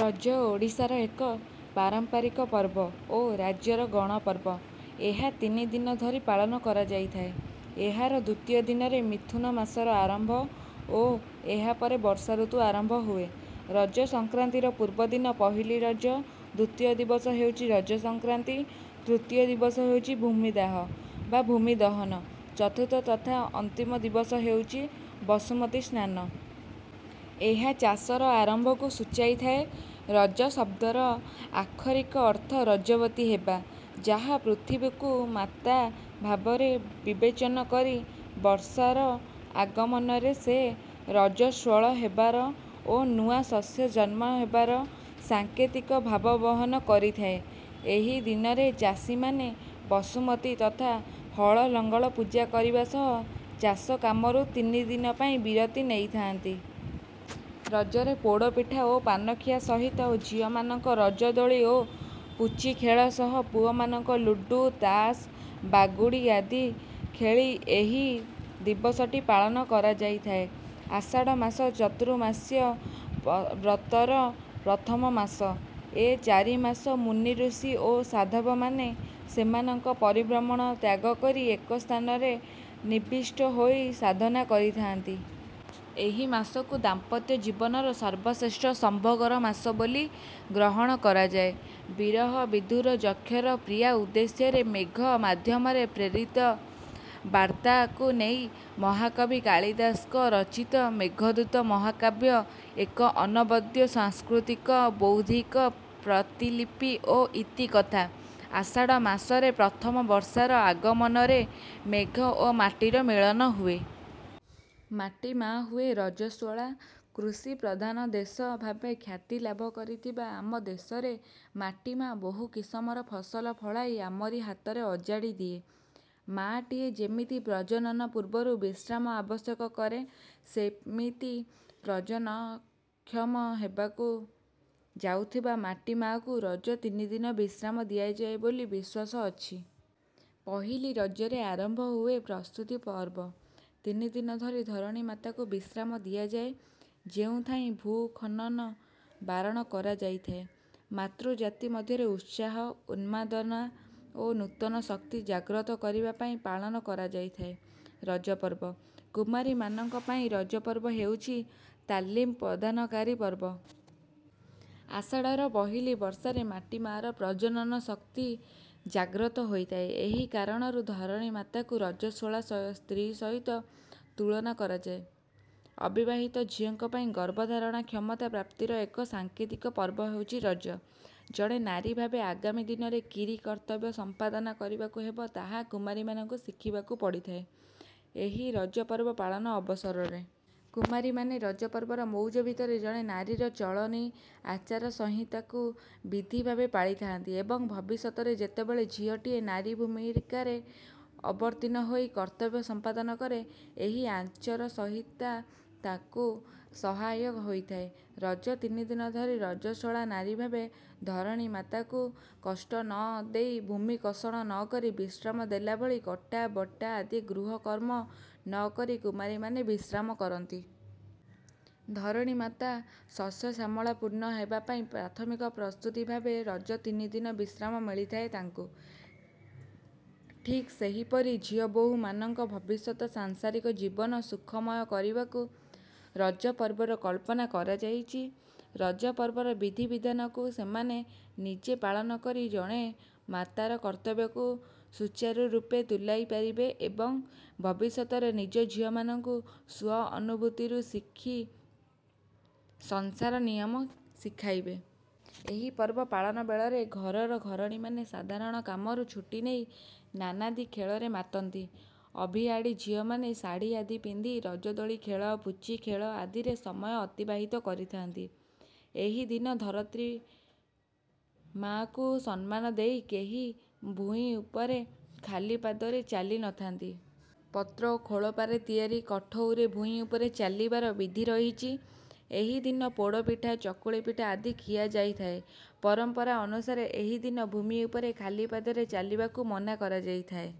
ରଜ ଓଡ଼ିଶାର ଏକ ପାରମ୍ପାରିକ ପର୍ବ ଓ ରାଜ୍ୟର ଗଣପର୍ବ। ଏହା ତିନିଦିନ ଧରି ପାଳନ କରାଯାଇଥାଏ। ଏହାର ଦ୍ୱିତୀୟ ଦିନରେ ମିଥୁନ ମାସର ଆରମ୍ଭ ଓ ଏହା ପରେ ବର୍ଷା ଋତୁ ଆରମ୍ଭ ହୁଏ। ରଜ ସଂକ୍ରାନ୍ତିର ପୂର୍ବଦିନ ପହିଲି ରଜ, ଦ୍ୱିତୀୟ ଦିବସ ହେଉଛି ରଜ ସଂକ୍ରାନ୍ତି, ତୃତୀୟ ଦିବସ ହେଉଛି ଭୂମିଦାହ ବା ଭୂମି ଦହନ, ଚତୁର୍ଥ ତଥା ଅନ୍ତିମ ଦିବସ ହେଉଛି ବସୁମତୀ ସ୍ନାନ। ଏହା ଚାଷର ଆରମ୍ଭକୁ ସୂଚାଇଥାଏ। ରଜ ଶବ୍ଦର ଆକ୍ଷରିକ ଅର୍ଥ ରଜବତୀ ହେବା, ଯାହା ପୃଥିବୀକୁ ମାତା ଭାବରେ ବିବେଚନା କରି ବର୍ଷାର ଆଗମନରେ ସେ ରଜସ୍ୱଳା ହେବାର ଓ ନୂଆ ଶସ୍ୟ ଜନ୍ମ ହେବାର ସାଙ୍କେତିକ ଭାବ ବହନ କରିଥାଏ। ଏହି ଦିନରେ ଚାଷୀମାନେ ବସୁମତୀ ତଥା ହଳଲଙ୍ଗଳ ପୂଜନ କରିବା ସହ ଚାଷ କାମରୁ ତିନି ଦିନ ପାଇଁ ବିରତି ନେଇଥାନ୍ତି। ରଜରେ ପୋଡ଼ ପିଠା ଓ ପାନ ଖିଆ ସହିତ ଝିଅମାନଙ୍କ ରଜ ଦୋଳି ଓ ପୁଚି ଖେଳ ସହ ପୁଅମାନଙ୍କ ଲୁଡୁ, ତାସ, ବାଗୁଡ଼ି ଆଦି ଖେଳି ଏହି ଦିବସଟି ପାଳନ କରାଯାଇଥାଏ। ଆଷାଢ ମାସ ଚତୁର୍ମାସ୍ୟା ବ୍ରତର ପ୍ରଥମ ମାସ। ଏ ଚାରି ମାସ ମୁନି ଋଷି ଓ ସାଧବ ମାନେ ସେମାନଙ୍କ ପରିଭ୍ରମଣ ତ୍ୟାଗ କରି ଏକସ୍ଥାନରେ ନିବିଷ୍ଟ ହୋଇ ସାଧନା କରିଥା'ନ୍ତି। ଏହି ମାସକୁ ଦାମ୍ପତ୍ୟ ଜୀବନର ସର୍ବଶ୍ରେଷ୍ଠ ସମ୍ଭୋଗର ମାସ ବୋଲି ଗ୍ରହଣ କରାଯାଏ। ବିରହ, ବିଧୂର ଯକ୍ଷର ପ୍ରିୟା ଉଦ୍ଦେଶ୍ୟରେ ମେଘ ମାଧ୍ୟମରେ ପ୍ରେରିତ ବାର୍ତ୍ତାକୁ ନେଇ ମହାକବି କାଳିଦାସଙ୍କ ରଚିତ "ମେଘଦୂତ' ମହାକାବ୍ୟ ଏକ ଅନବଦ୍ୟ ସାଂସ୍କୃତିକ ବୌଦ୍ଧିକ ପ୍ରତିଲିିପି ଓ ଇତିକଥା। ଆଷାଢ଼ ମାସରେ ପ୍ରଥମ ବର୍ଷାର ଆଗମନରେ ମେଘ ଓ ମାଟିର ମିଳନ ହୁଏ। ମାଟି ମା' ହୁଏ ରଜସ୍ୱଳା। କୃଷି ପ୍ରଧାନ ଦେଶ ଭାବେ ଖ୍ୟାତି ଲାଭ କରିଥିବା ଆମଦେଶରେ ମାଟି ମା' ବହୁ କିସମର ଫସଲ ଫଳାଇ ଆମରି ହାତରେ ଅଜାଡ଼ି ଦିଏ। ମା'ଟିଏ ଯେମିତି ପ୍ରଜନନ ପୂର୍ବରୁ ବିଶ୍ରାମ ଆବଶ୍ୟକ କରେ, ସେମିତି ପ୍ରଜନନକ୍ଷମ ହେବାକୁ ଯାଉଥିବା ମାଟି ମା'କୁ ରଜ ତିନିଦିନ ବିଶ୍ରାମ ଦିଆଯାଏ ବୋଲି ବିଶ୍ୱାସ ଅଛି। ପହିଲି ରଜରେ ଆରମ୍ଭ ହୁଏ ପ୍ରସ୍ତୁତି ପର୍ବ। ତିନିଦିନ ଧରି ଧରଣୀ ମାତାକୁ ବିଶ୍ରାମ ଦିଆଯାଏ, ଯେଉଁଥିାଇଁ ଭୂ ଖନନ ବାରଣ କରାଯାଇଥାଏ। ମାତୃଜାତି ମଧ୍ୟରେ ଉତ୍ସାହ, ଉନ୍ମାଦନା ଓ ନୂତନ ଶକ୍ତି ଜାଗ୍ରତ କରିବା ପାଇଁ ପାଳନ କରାଯାଇଥାଏ ରଜପର୍ବ। କୁମାରୀମାନଙ୍କ ପାଇଁ ରଜପର୍ବ ହେଉଛି ତାଲିମ ପ୍ରଦାନକାରୀ ପର୍ବ। ଆଷାଢ଼ର ପହିଲି ବର୍ଷାରେ ମାଟି ମା'ର ପ୍ରଜନନ ଶକ୍ତି ଜାଗ୍ରତ ହୋଇଥାଏ, ଏହି କାରଣରୁ ଧରଣୀମାତାକୁ ରଜସ୍ୱଳା ସ୍ତ୍ରୀ ସହିତ ତୁଳନା କରାଯାଏ। ଅବିବାହିତା ଝିଅଙ୍କ ପାଇଁ ଗର୍ଭଧାରଣ କ୍ଷମତା ପ୍ରାପ୍ତିର ଏକ ସାଙ୍କେତିକ ପର୍ବ ହେଉଛି ରଜ। ଜଣେ ନାରୀଭାବେ ଆଗାମୀ ଦିନରେ କିରି କର୍ତ୍ତବ୍ୟ ସମ୍ପାଦନ କରିବାକୁ ହେବ, ତାହା କୁମାରୀମାନଙ୍କୁ ଶିଖିବାକୁ ପଡ଼ିଥାଏ, ଏହି ରଜ ପର୍ବ ପାଳନ ଅବସରରେ। କୁମାରୀମାନେ ରଜପର୍ବର ମଉଜ ଭିତରେ ଜଣେ ନାରୀର ଚଳଣି, ଆଚାରସଂହିତାକୁ ବିଧିଭାବେ ପାଳିଥାଆନ୍ତି ଏବଂ ଭବିଷ୍ୟତରେ ଯେତେବେଳେ ଝିଅଟିଏ ନାରୀଭୂମିକାରେ ଅବତୀର୍ଣ୍ଣ ହୋଇ କର୍ତ୍ତବ୍ୟ ସମ୍ପାଦନ କରେ, ଏହି ଆଚାରସଂହିତା ତାକୁ ସହାୟ ହୋଇଥାଏ। ରଜ ତିନିଦିନ ଧରି ରଜସ୍ୱଳା ନାରୀଭାବେ ଧରଣୀମାତାକୁ କଷ୍ଟ ନ ଦେଇ ଭୂମି କର୍ଷଣ ନ କରି ବିଶ୍ରାମ ଦେଲାଭଳି କଟା, ବଟା ଆଦି ଗୃହକର୍ମ ନ କରି କୁମାରୀମାନେ ବିଶ୍ରାମ କରନ୍ତି। ଧରଣୀ ମାତା ଶସ୍ୟଶ୍ୟାମଳାପୂର୍ଣ୍ଣ ହେବା ପାଇ ପ୍ରାଥମିକ ପ୍ରସ୍ତୁତି ଭାବେ ରଜ ତିନିଦିନ ବିଶ୍ରାମ ମିଳିଥାଏ ତାଙ୍କୁ। ଠିକ ସେହିପରି ଝିଅବୋହୂମାନଙ୍କ ଭବିଷ୍ୟତ ସାଂସାରିକ ଜୀବନ ସୁଖମୟ କରିବାକୁ ରଜପର୍ବର କଳ୍ପନା କରାଯାଇଛି। ରଜପର୍ବର ବିଧିବିଧାନକୁ ସେମାନେ ନିଜେ ପାଳନ କରି ଜଣେ ମାତାର କର୍ତ୍ତବ୍ୟକୁ ସୁଚାରୁରୂପେ ତୁଲାଇପାରିବେ ଏବଂ ଭବିଷ୍ୟତରେ ନିଜ ଝିଅମାନଙ୍କୁ ସ୍ୱଅନୁଭୂତିରୁ ଶିଖି ସଂସାର ନିୟମ ଶିଖାଇବେ। ଏହି ପର୍ବ ପାଳନ ବେଳରେ ଘରର ଘରଣୀମାନେ ସାଧାରଣ କାମରୁ ଛୁଟି ନେଇ ନାନାଦି ଖେଳରେ ମାତନ୍ତି। ଅଭିଆଡ଼ି ଝିଅମାନେ ଶାଢ଼ୀ ଆଦି ପିନ୍ଧି ରଜ ଦୋଳି ଖେଳ, ପୁଚି ଖେଳ ଆଦିରେ ସମୟ ଅତିବାହିତ କରିଥାନ୍ତି। ଏହି ଦିନ ଧରିତ୍ରୀ ମାଆକୁ ସମ୍ମାନ ଦେଇ କେହି ଭୂଇଁ ଉପରେ ଖାଲି ପାଦରେ ଚାଲିନଥାନ୍ତି। ପତ୍ର/ଖୋଳପାରେ ତିଆରି କଠଉରେ ଭୂଇଁ ଉପରେ ଚାଲିବାର ବିଧି ରହିଛି। ଏହି ଦିନ ପୋଡ଼ ପିଠା, ଚକୁଳି ପିଠା ଆଦି ଖିଆଯାଇ ଥାଏ। ପରମ୍ପରା ଅନୁସାରେ ଏହି ଦିନ ଭୂମି ଉପରେ ଖାଲିପାଦରେ ଚାଲିବାକୁ ମନା କରାଯାଇଥାଏ।